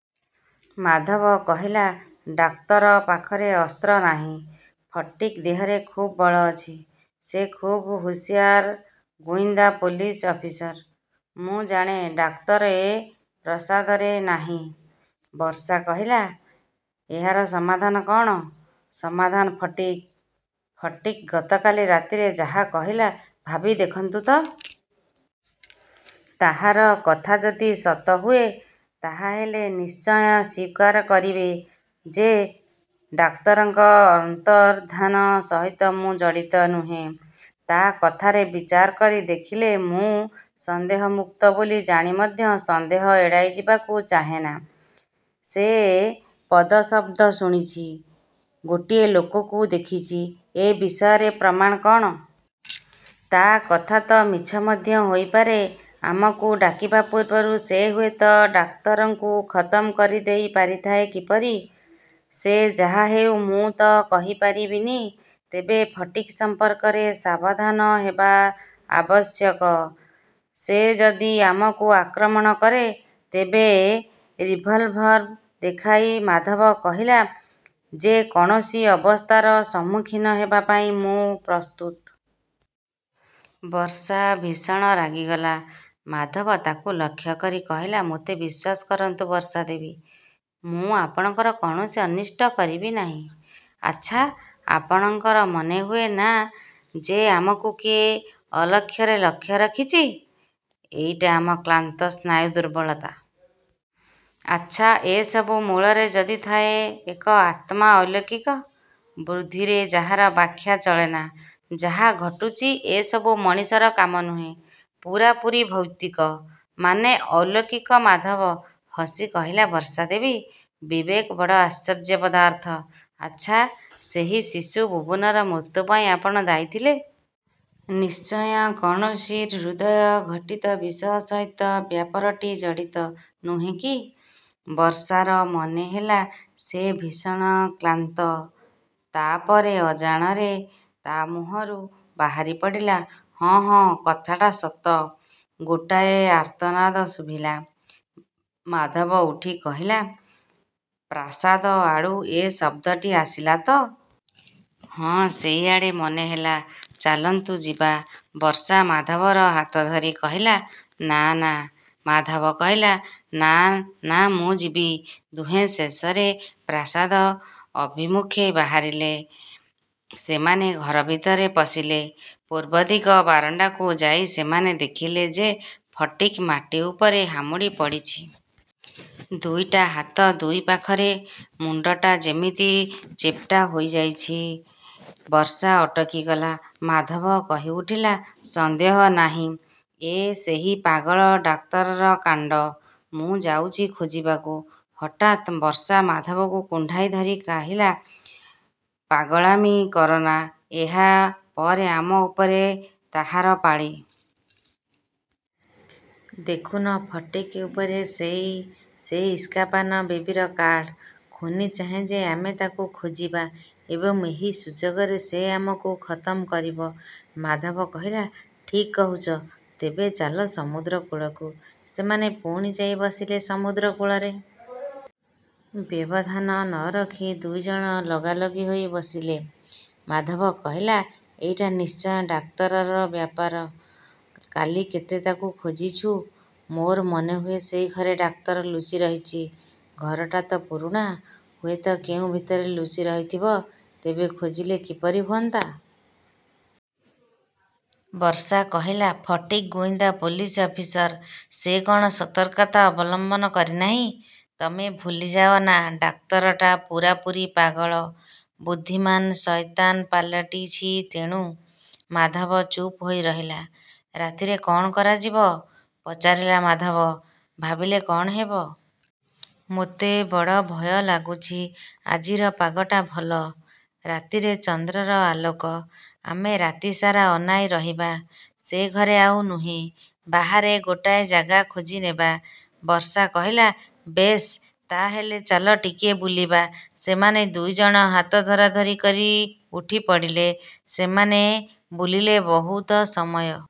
ମାଧବ କହିଲା, ଡାକ୍ତର ପାଖରେ ଅସ୍ତ୍ର ନାହିଁ। ଫଟିକ୍ ଦେହରେ ଖୁବ୍ ବଳ ଅଛି। ସେ ଖୁବ୍ ହୁସିଆର ଗୁଇନ୍ଦା ପୋଲିସ ଅଫିସର। ମୁଁ ଜାଣେ, ଡାକ୍ତର ଏ ପ୍ରାସାଦରେ ନାହିଁ। ବର୍ଷା କହିଲା, ଏହାର ସମାଧାନ କ'ଣ? ସମାଧାନ, ଫଟିକ୍? ଫଟିକ୍ ଗତକାଲି ରାତିରେ ଯାହା କହିଲା, ଭାବି ଦେଖନ୍ତୁ ତ! ତାହାର କଥା ଯଦି ସତ ହୁଏ, ତାହା ହେଲେ ନିଶ୍ଚୟ ସ୍ଵୀକାର କରିବେ ଯେ, ଡାକ୍ତରଙ୍କ ଅନ୍ତର୍ଦ୍ଧାନ ସହିତ ମୁଁ ଜଡ଼ିତ ନୁହେଁ। ତା କଥାରେ ବିଚାର କରି ଦେଖିଲେ ମୁଁ ସନ୍ଦେହମୁକ୍ତ ବୋଲି ଜାଣି ମଧ୍ୟ ସନ୍ଦେହ ଏଡ଼ାଇଯିବାକୁ ଚାହେଁନା। ସେ ପଦଶବ୍ଦ ଶୁଣିଛି, ଗୋଟିଏ ଲୋକକୁ ଦେଖିଛି, ଏ ବିଷୟରେ ପ୍ରମାଣ କ'ଣ? ତା କଥା ତ ମିଛ ମଧ୍ୟ ହୋଇପାରେ। ଆମକୁ ଡାକିବା ପୂର୍ବରୁ ସେ ହୁଏତ ଡାକ୍ତରଙ୍କୁ ଖତମ କରିଦେଇପାରିଥାଏ। କିପରି? ସେ ଯାହାହେଉ, ମୁଁ ତ କହିପାରିବିନି। ତେବେ ଫଟିକ୍ ସମ୍ପର୍କରେ ସାବଧାନ ହେବା ଆବଶ୍ୟକ। ସେ ଯଦି ଆମକୁ ଆକ୍ରମଣ କରେ, ତେବେ ରିଭଲଭର ଦେଖାଇ ମାଧବ କହିଲା, ଯେ କୌଣସି ଅବସ୍ଥାର ସମ୍ମୁଖୀନ ହେବା ପାଇଁ ମୁଁ ପ୍ରସ୍ତୁତ। ବର୍ଷା ଭୀଷଣ ରାଗିଗଲା। ମାଧବ ତାକୁ ଲକ୍ଷ୍ୟ କରି କହିଲା, ମୋତେ ବିଶ୍ଵାସ କରନ୍ତୁ, ବର୍ଷା ଦେବୀ! ମୁଁ ଆପଣଙ୍କର କୌଣସି ଅନିଷ୍ଟ କରିବି ନାହିଁ। ଆଚ୍ଛା, ଆପଣଙ୍କର ମନେହୁଏ ନା ଯେ ଆମକୁ କିଏ ଅଲକ୍ଷରେ ଲକ୍ଷ୍ୟ ରଖିଛି? ଏଇଟା ଆମ କ୍ଳାନ୍ତ ସ୍ନାୟୁ ଦୁର୍ବଳତା। ଆଚ୍ଛା, ଏସବୁ ମୂଳରେ ଯଦି ଥାଏ ଏକ ଆତ୍ମା ଅଲୌକିକ, ବୁଦ୍ଧିରେ ଯାହାର ବ୍ୟାଖ୍ୟା ଚଳେନା, ଯାହା ଘଟୁଛି ଏସବୁ ମଣିଷର କାମ ନୁହେଁ, ପୂରାପୂରି ଭୌତିକ, ମାନେ ଅଲୌକିକ ମାଧବ ହସି କହିଲା, ବର୍ଷା ଦେବୀ, ବିବେକ ବଡ଼ ଆଶ୍ଚର୍ଯ୍ୟ ପଦାର୍ଥ। ଆଚ୍ଛା, ସେହି ଶିଶୁ ବୁବୁନର ମୃତ୍ୟୁ ପାଇଁ ଆପଣ ଦାୟୀ ଥିଲେ। ନିଶ୍ଚୟ କୌଣସି ହୃଦୟଘଟିତ ବିଷୟ ସହିତ ବ୍ୟାପାରଟି ଜଡ଼ିତ। ନୁହେଁ କି? ବର୍ଷାର ମନେହେଲା ସେ ଭୀଷଣ କ୍ଳାନ୍ତ। ତା ପରେ ଅଜଣାରେ ତା ମୁହଁରୁ ବାହାରିପଡ଼ିଲା, ହଁ, ହଁ, କଥାଟା ସତ। ଗୋଟାଏ ଆର୍ତ୍ତନାଦ ଶୁଭିଲା। ମାଧବ ଉଠି କହିଲା, ପ୍ରାସାଦ ଆଡ଼ୁ ଏ ଶବ୍ଦଟି ଆସିଲା ତ? ହଁ, ସେଇଆଡ଼େ ମନେହେଲା। ଚାଲନ୍ତୁ ଯିବା। ବର୍ଷା ମାଧବର ହାତ ଧରି କହିଲା, ନା, ନା। ମାଧବ କହିଲା, ନା, ନା, ମୁଁ ଯିବି। ଦୁହେଁ ଶେଷରେ ପ୍ରାସାଦ ଅଭିମୁଖେ ବାହାରିଲେ। ସେମାନେ ଘର ଭିତରେ ପଶିଲେ। ପୂର୍ବଦିଗ ବାରଣ୍ଡାକୁ ଯାଇ ସେମାନେ ଦେଖିଲେ ଯେ ଫଟିକ୍ ମାଟି ଉପରେ ହାମୁଡ଼ି ପଡ଼ିଛି। ଦୁଇଟା ହାତ ଦୁଇ ପାଖରେ। ମୁଣ୍ଡଟା ଯେମିତି ଚେପ୍ଟା ହୋଇଯାଇଛି। ବର୍ଷା ଅଟକିଗଲା। ମାଧବ କହିଉଠିଲା, ସନ୍ଦେହ ନାହିଁ ଏ ସେହି ପାଗଳ ଡାକ୍ତରର କାଣ୍ଡ। ମୁଁ ଯାଉଛି ଖୋଜିବାକୁ। ହଠାତ୍ ବର୍ଷା ମାଧବକୁ କୁଣ୍ଢାଇ ଧରି କହିଲା, ପାଗଳାମି କରନା। ଏହା ପରେ ଆମ ଉପରେ ତାହାର ପାଳି। ଦେଖୁନ ଫଟିକ୍ ଉପରେ ସେଇ ,ସେଇ ଇସ୍କାପାନ ବିବିର କାର୍ଡ଼। ଖୁନୀ ଚାହେଁ ଯେ ଆମେ ତାକୁ ଖୋଜିବା ଏବଂ ଏହି ସୁଯୋଗରେ ସେ ଆମକୁ ଖତମ କରିବ। ମାଧବ କହିଲା, ଠିକ୍ କହୁଛ। ତେବେ ଚାଲ ସମୁଦ୍ର କୂଳକୁ। ସେମାନେ ପୁଣି ଯାଇ ବସିଲେ ସମୁଦ୍ର କୂଳରେ। ବ୍ୟବଧାନ ନ ରଖି ଦୁଇ ଜଣ ଲଗାଲଗି ହୋଇ ବସିଲେ। ମାଧବ କହିଲା, ଏଇଟା ନିଶ୍ଚୟ ଡାକ୍ତରର ବ୍ୟାପାର। କାଲି କେତେ ତାକୁ ଖୋଜିଛୁ! ମୋର ମନେହୁଏ ସେଇ ଘରେ ଡାକ୍ତର ଲୁଚିରହିଛି। ଘରଟା ତ ପୁରୁଣା। ହୁଏତ କେଉଁ ଭିତରେ ଲୁଚି ରହିଥିବ। ତେବେ ଖୋଜିଲେ କିପରି ହୁଅନ୍ତା? ବର୍ଷା କହିଲା, ଫଟିକ୍ ଗୁଇନ୍ଦା ପୋଲିସ ଅଫିସର। ସେ କ'ଣ ସତର୍କତା ଅବଲମ୍ବନ କରିନାହିଁ! ତମେ ଭୁଲିଯାଅ ନା ଡାକ୍ତରଟା ପୂରାପୂରି ପାଗଳ। ବୁଦ୍ଧିମାନ ଶୟତାନ ପାଲଟିଛି ତେଣୁ। ମାଧବ ଚୁପ ହୋଇ ରହିଲା। ରାତିରେ କ'ଣ କରାଯିବ? ପଚାରିଲା ମାଧବ। ଭାବିଲେ କ'ଣ ହେବ! ମୋତେ ବଡ଼ ଭୟ ଲାଗୁଛି। ଆଜିର ପାଗଟା ଭଲ। ରାତିରେ ଚନ୍ଦ୍ରର ଆଲୋକ। ଆମେ ରାତିସାରା ଅନାଇ ରହିବା। ସେ ଘରେ ଆଉ ନୁହେଁ। ବାହାରେ ଗୋଟାଏ ଜାଗା ଖୋଜିନେବା। ବର୍ଷା କହିଲା, ବେଶ୍, ତାହା ହେଲେ ଚାଲ ଟିକିଏ ବୁଲିବା। ସେମାନେ ଦୁଇ ଜଣ ହାତ ଧରାଧରି କରି ଉଠିପଡ଼ିଲେ। ସେମାନେ ବୁଲିଲେ ବହୁତ ସମୟ।